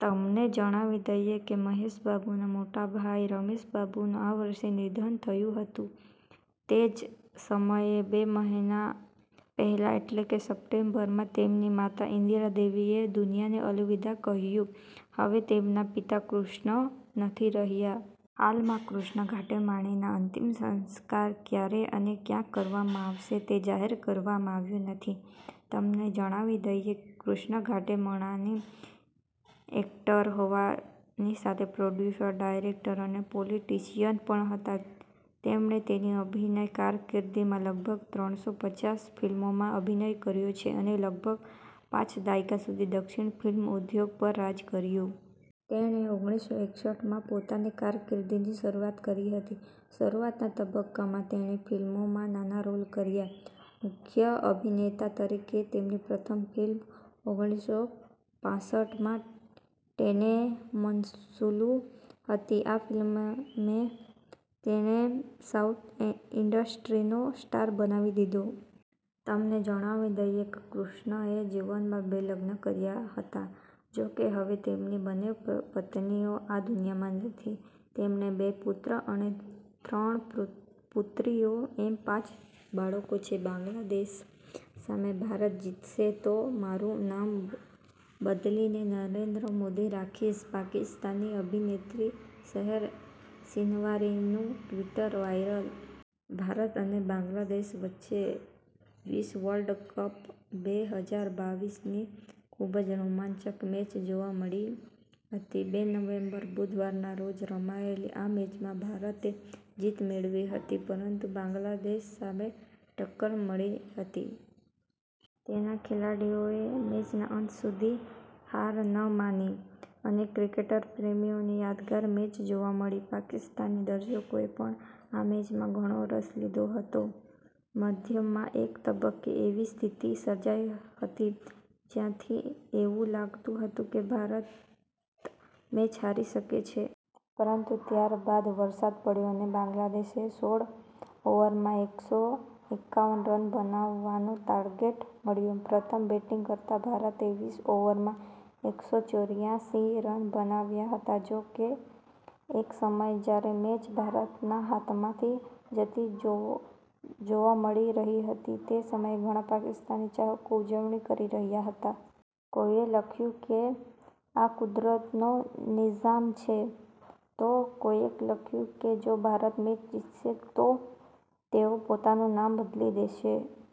તમને જણાવી દઈએ કે મહેશ બાબુના મોટા ભાઈ રમેશ બાબુનું આ વર્ષે નિધન થયું હતું. તે જ સમયે, બે મહિના પહેલા એટલે કે સપ્ટેમ્બરમાં, તેમની માતા ઇન્દિરા દેવીએ દુનિયાને અલવિદા કહ્યું. હવે તેના પિતા કૃષ્ણ નથી રહ્યા. હાલમાં, કૃષ્ણ ઘાટ્ટાંમાણેનીના અંતિમ સંસ્કાર ક્યારે અને ક્યાં કરવામાં આવશે તે જાહેર કરવામાં આવ્યું નથી. તમને જણાવી દઈએ કે કૃષ્ણા ઘાટ્ટાંમાણેની એક્ટર હોવાની સાથે પ્રોડ્યુસર, ડિરેક્ટર અને પોલિટિશિયન પણ હતા. તેણે તેની અભિનય કારકિર્દીમાં લગભગ ત્રણસો પચાસ ફિલ્મોમાં અભિનય કર્યો અને લગભગ પાંચ દાયકા સુધી દક્ષિણ ફિલ્મ ઉદ્યોગ પર રાજ કર્યું. તેણે ઓગણીસો એકસઠ માં પોતાની કારકિર્દીની શરૂઆત કરી હતી. શરૂઆતના તબક્કામાં તેણે ફિલ્મોમાં નાના રોલ કર્યા. મુખ્ય અભિનેતા તરીકે તેમની પ્રથમ ફિલ્મ ઓગણીસો પાસઠમાં ટેને મનસુલુ હતી. આ ફિલ્મે તેને સાઉથ ઈન્ડસ્ટ્રીનો સ્ટાર બનાવી દીધા. તમને જણાવી દઈએ કે કૃષ્ણાએ જીવનમાં બે લગ્ન કર્યા હતા, જો કે હવે તેમની બંને પત્નીઓ આ દુનિયામાં નથી. તેમને બે પુત્રો અને ત્રણ પુત્રી એમ પાંચ બાળકો છે. બાંગ્લાદેશ સામે ભારત જીતશે તો મારું નામ બદલીને નરેન્દ્ર મોદી રાખીશ, પાકિસ્તાની અભિનેત્રી સેહર શિનવારીનું ટ્વિટ વાઈરલ. ભારત અને બાંગ્લાદેશ વચ્ચે વીસ વર્લ્ડ કપ બે હજાર બાવીસ ની ખૂબ જ રોમાંચક મેચ જોવા મળી હતી. બે નવેમ્બર, બુધવારના રોજ રમાયેલી આ મેચમાં ભારતે જીત મેળવી હતી, પરંતુ બાંગ્લાદેશ સામે ટક્કર મળી હતી. તેના ખેલાડીઓએ મેચના અંત સુધી હાર ન માની અને ક્રિકેટ પ્રેમીઓને યાદગાર મેચ જોવા મળી. પાકિસ્તાની દર્શકોએ પણ આ મેચમાં ઘણો રસ લીધો હતો. મધ્યમાં એક તબક્કે એવી સ્થિતિ સર્જાઈ હતી, જ્યાંથી એવું લાગતું હતું કે ભારત મેચ હારી શકે છે. પરંતુ ત્યારબાદ વરસાદ પડ્યો અને બાંગ્લાદેશને સોડ ઓવરમાં એકસો એકાવન રન બનાવવાનો ટાર્ગેટ મળ્યો. પ્રથમ બેટિંગ કરતા ભારતે વીસ ઓવરમાં એકસો ચોર્યાસી રન બનાવ્યા હતા. જો કે, એક સમયે જ્યારે મેચ ભારતના હાથમાંથી જતી જોવા મળી રહી હતી, તે સમયે ઘણા પાકિસ્તાની ચાહકો ઉજવણી કરી રહ્યા હતા. કોઈએ લખ્યું કે આ 'કુદરતનો નિઝામ' છે તો કોઈએ લખ્યું કે જો ભારત મેચ જીતશે તો તેઓ પોતાનું નામ બદલી દેશે.